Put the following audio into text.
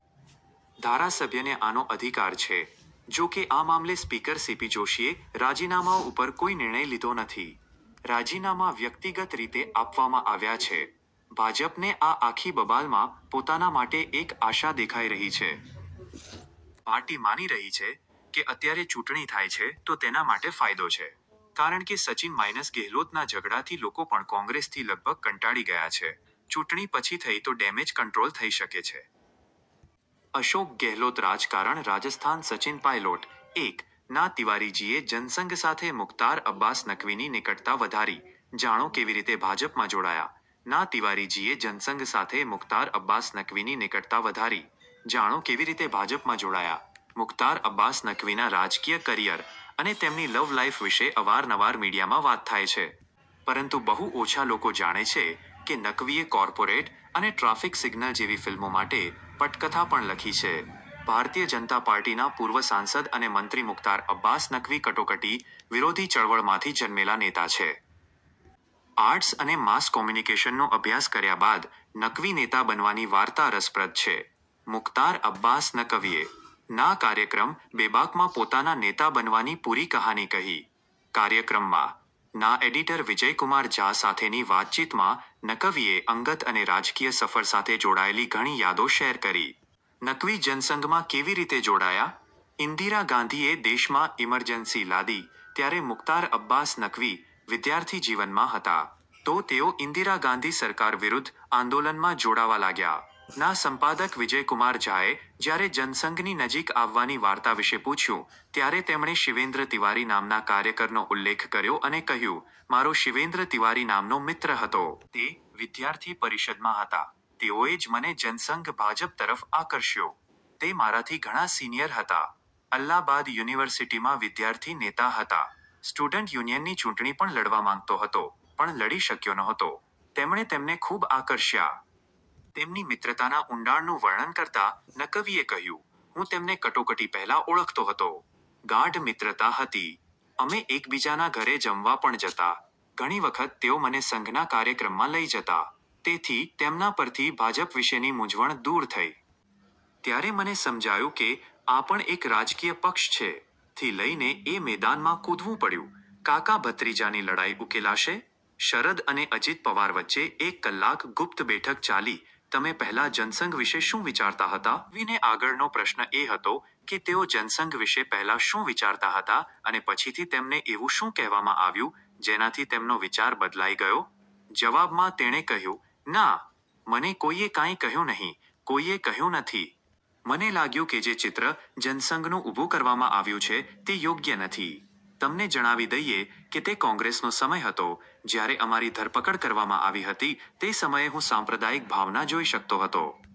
ધારાસભ્યને આનો અધિકાર છે. જોકે, આ મામલે સ્પીકર સીપી જોશીએ રાજીનામાઓ ઉપર કોઈ નિર્ણય લીધો નથી. રાજીનામા વ્યક્તિગત રીતે આપવામાં આવ્યા છે. બીજેપીને આ આખી બબાલમાં પોતાના માટે એક આશા દેખાઈ રહી છે. પાર્ટી માની રહી છે કે અત્યારે ચૂંટણી થાય છે તો તેના માટે ફાયદો છે. કારણ કે સચિન – ગેહલોતના ઝઘડાથી લોકો પણ કોંગ્રેસથી લગભગ કંટાળી ગયા છે. ચૂંટણી પછી થઈ તો ડેમેજ કંટ્રોલ થઈ શકે છે. અશોક ગેહલોતરાજકારણરાજસ્થાનસચિન પાયલોટ:।: ના તિવારીજીએ જનસંઘ સાથે મુખ્તાર અબ્બાસ નકવીની નિકટતા વધારી, જાણો કેવી રીતે ભાજપમાં જોડાયા: ના તિવારીજીએ જનસંઘ સાથે મુખ્તાર અબ્બાસ નકવીની નિકટતા વધારી, જાણો કેવી રીતે ભાજપમાં જોડાયા: મુખ્તાર અબ્બાસ નકવીના રાજકીય કરિયર અને તેમની લવ લાઈફ વિશે અવાર નવાર મીડિયામાં વાત થાય છે. પરંતુ બહુ ઓછા લોકો જાણે છે કે, નકવીએ કોર્પોરેટ અને ટ્રાફિક સિગ્નલ જેવી ફિલ્મો માટે પટકથા પણ લખી છે. ભારતીય જનતા પાર્ટીના પૂર્વ સાંસદ અને મંત્રી મુખ્તાર અબ્બાસ નકવી કટોકટી વિરોધી ચળવળમાંથી જન્મેલા નેતા છે. આર્ટસ અને માસ કોમ્યુનિકેશનનો અભ્યાસ કર્યા બાદ નકવી નેતા બનવાની વાર્તા રસપ્રદ છે. મુખ્તાર અબ્બાસ નકવીએ. ના કાર્યક્રમ 'બેબાક'માં પોતાના નેતા બનવાની પુરી કહાની કહી. કાર્યક્રમમાં. ના એડિટર વિજય કુમાર ઝા સાથેની વાતચીતમાં નકવીએ અંગત અને રાજકીય સફર સાથે જોડાયેલી ઘણી યાદો શેર કરી. નકવી જનસંઘમાં કેવી રીતે જોડાયા? ઈન્દિરા ગાંધીએ દેશમાં ઈમરજન્સી લાદી ત્યારે મુખ્તાર અબ્બાસ નકવી વિદ્યાર્થી જીવનમાં હતા. તો, તેઓ ઇન્દિરા ગાંધી સરકાર વિરુદ્ધ આંદોલનમાં જોડાવા લાગ્યા.. ના સંપાદક વિજય કુમાર ઝાએ જ્યારે જનસંઘની નજીક આવવાની વાર્તા વિશે પૂછ્યું, ત્યારે તેમણે શિવેન્દ્ર તિવારી નામના કાર્યકરનો ઉલ્લેખ કર્યો અને કહ્યું, "મારો શિવેન્દ્ર તિવારી નામનો મિત્ર હતો. તે વિદ્યાર્થી પરિષદ માં હતા. તેઓએ જ મને જનસંઘ/ભાજપ તરફ આકર્ષ્યો. તે મારાથી ઘણા સિનિયર હતા. અલ્હાબાદ યુનિવર્સિટીમાં વિદ્યાર્થી નેતા હતા. સ્ટુડન્ટ યુનિયનની ચૂંટણી પણ લડવા માંગતો હતો, પણ લડી શક્યો નહોતો. તેમણે તેમને ખૂબ આકર્ષ્યા. તેમની મિત્રતાના ઊંડાણનું વર્ણન કરતાં, નકવીએ કહ્યું, "હું તેમને કટોકટી પહેલા ઓળખતો હતો. ગાઢ મિત્રતા હતી. અમે એકબીજાના ઘરે જમવા પણ જતા. ઘણી વખત તેઓ મને સંઘના કાર્યક્રમમાં લઈ જતા. તેથી તેમના પરથી ભાજપ વિશેની મૂંઝવણ દૂર થઈ. ત્યારે મને સમજાયું કે, આ પણ એક રાજકીય પક્ષ છે. થી લઈને એ મેદાનમાં કૂદવું પડ્યું: કાકા-ભત્રીજાની લડાઈ ઉકેલાશે? શરદ અને અજિત પવાર વચ્ચે એક કલાક 'ગુપ્ત બેઠક' ચાલી તમે પહેલા જનસંઘ વિશે શું વિચારતા હતા? નકવીને આગળનો પ્રશ્ન એ હતો કે, તેઓ જનસંઘ વિશે પહેલા શું વિચારતા હતા અને પછીથી તેમને એવું શું કહેવામાં આવ્યું, જેનાથી તેમનો વિચાર બદલાઈ ગયો? જવાબમાં, તેણે કહ્યું, "ના! મને કોઈએ કાઈં કહ્યું નહીં, કોઈએ કહ્યું નથી. મને લાગ્યું કે જે ચિત્ર જનસંઘનું ઉભુ કરવામાં આવ્યું છે તે યોગ્ય નથી. તમને જણાવી દઈએ કે, તે કોંગ્રેસનો સમય હતો, જ્યારે અમારી ધરપકડ કરવામાં આવી હતી, તે સમયે હું સાંપ્રદાયિક ભાવના જોઈ શકતો હતો.